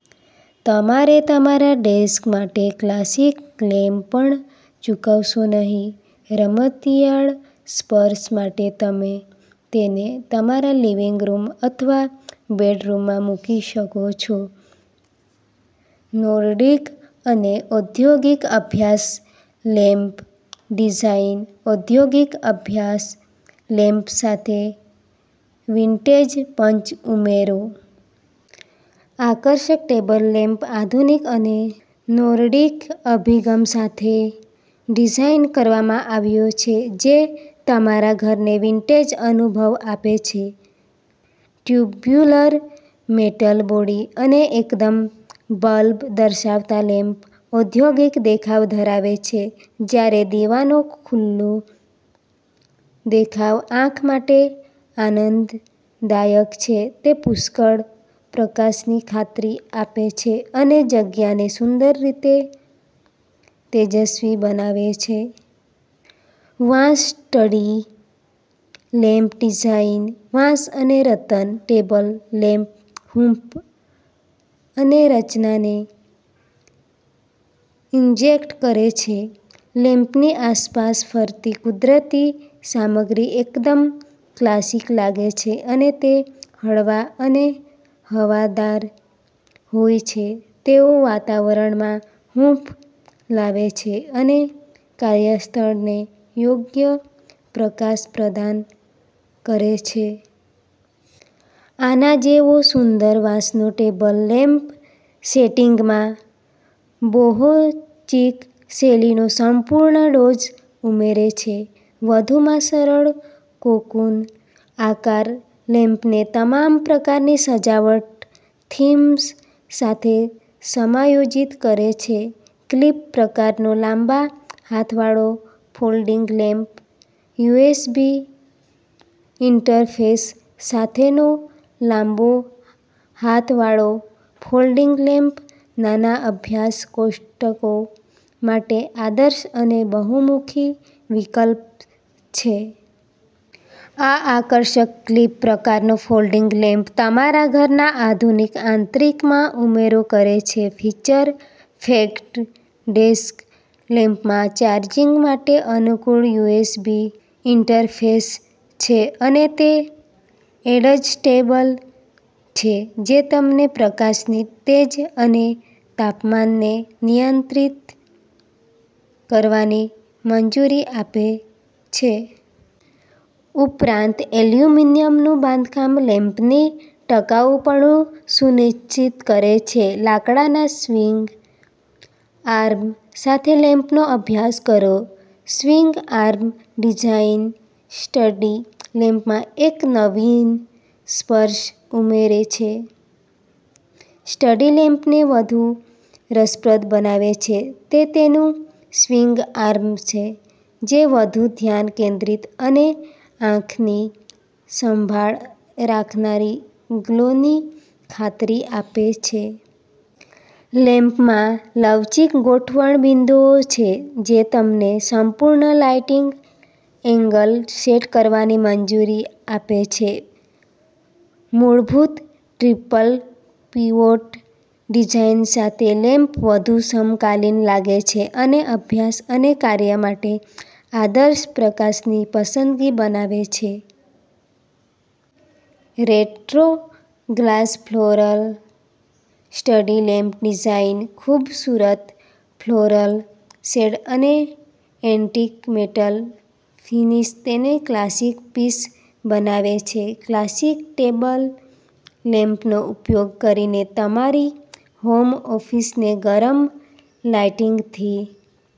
તમારે તમારા ડેસ્ક માટે ક્લાસિક ગ્લેમ પણ ચૂકશો નહીં. રમતિયાળ સ્પર્શ માટે તમે તેને તમારા લિવિંગ રૂમ અથવા બેડરૂમમાં મૂકી શકો છો. નોર્ડિક અને ઔદ્યોગિક અભ્યાસ લેમ્પ ડિઝાઇન. ઔદ્યોગિક અભ્યાસ લેમ્પ સાથે વિન્ટેજ પંચ ઉમેરો. આકર્ષક ટેબલ લેમ્પ આધુનિક અને નોર્ડિક અભિગમ સાથે ડિઝાઇન કરવામાં આવ્યો છે, જે તમારા ઘરને વિન્ટેજ અનુભવ આપે છે. ટ્યુબ્યુલર મેટલ બોડી અને એકદમ બલ્બ દર્શાવતા, લેમ્પ ઔદ્યોગિક દેખાવ ધરાવે છે. જ્યારે દીવાનો ખુલ્લું દેખાવ આંખ માટે આનંદદાયક છે, તે પુષ્કળ પ્રકાશની ખાતરી આપે છે અને જગ્યાને સુંદર રીતે તેજસ્વી બનાવે છે. વાંસ સ્ટડી લેમ્પ ડિઝાઇન. વાંસ અને રતન ટેબલ લેમ્પ હૂંફ અને રચનાને ઇન્જેક્ટ કરે છે. લેમ્પની આસપાસ ફરતી કુદરતી સામગ્રી એકદમ ક્લાસિક લાગે છે અને તે હળવા અને હવાદાર હોય છે. તેઓ વાતાવરણમાં હૂંફ લાવે છે અને કાર્યસ્થળને યોગ્ય પ્રકાશ પ્રદાન કરે છે. આના જેવો સુંદર વાંસનો ટેબલ લેમ્પ સેટિંગમાં બોહો-ચીક શૈલીનો સંપૂર્ણ ડોઝ ઉમેરે છે. વધુમાં, સરળ કોકૂન આકાર લેમ્પને તમામ પ્રકારની સજાવટ થીમ્સ સાથે સમાયોજિત કરે છે. ક્લિપ-પ્રકારનો લાંબા હાથવાળો ફોલ્ડિંગ લેમ્પ, યુએસબી ઇન્ટરફેસ સાથેનો લાંબો હાથવાળો ફોલ્ડિંગ લેમ્પ, નાના અભ્યાસ કોષ્ટકો માટે આદર્શ અને બહુમુખી વિકલ્પ છે. આ આકર્ષક, ક્લિપ-પ્રકારનો ફોલ્ડિંગ લેમ્પ તમારા ઘરના આધુનિક આંતરિકમાં ઉમેરો કરે છે. ફીચર-પેક્ડ ડેસ્ક લેમ્પમાં ચાર્જિંગ માટે અનુકૂળ યુએસબી ઇન્ટરફેસ છે અને તે એડજસ્ટેબલ છે, જે તમને પ્રકાશની તેજ અને તાપમાનને નિયંત્રિત કરવાની મંજૂરી આપે છે. ઉપરાંત, એલ્યુમિનિયમનું બાંધકામ લેમ્પની ટકાઉપણું સુનિશ્ચિત કરે છે. લાકડાના સ્વિંગ આર્મ સાથે લેમ્પનો અભ્યાસ કરો. સ્વિંગ આર્મ ડિઝાઇન સ્ટડી લેમ્પમાં એક નવીન સ્પર્શ ઉમેરે છે. સ્ટડી લેમ્પને વધુ રસપ્રદ બનાવે છે તે તેનું સ્વિંગ આર્મ છે, જે વધુ ધ્યાન કેન્દ્રિત અને આંખની સંભાળ રાખનારી ગ્લોની ખાતરી આપે છે. લેમ્પમાં લવચીક ગોઠવણ બિંદુઓ છે જે તમને સંપૂર્ણ લાઇટિંગ એંગલ સેટ કરવાની મંજૂરી આપે છે. મૂળભૂત ટ્રિપલ પીવોટ ડિઝાઇન સાથે, લેમ્પ વધુ સમકાલીન લાગે છે અને અભ્યાસ અને કાર્ય માટે આદર્શ પ્રકાશની પસંદગી બનાવે છે. Retro glass floral study lamp design. ખૂબસૂરત ફ્લોરલ શેડ અને એન્ટિક મેટલ ફિનિશ તેને ક્લાસિક પીસ બનાવે છે. ક્લાસિક ટેબલ લેમ્પનો ઉપયોગ કરીને તમારી હોમ ઑફિસને ગરમ લાઇટિંગથી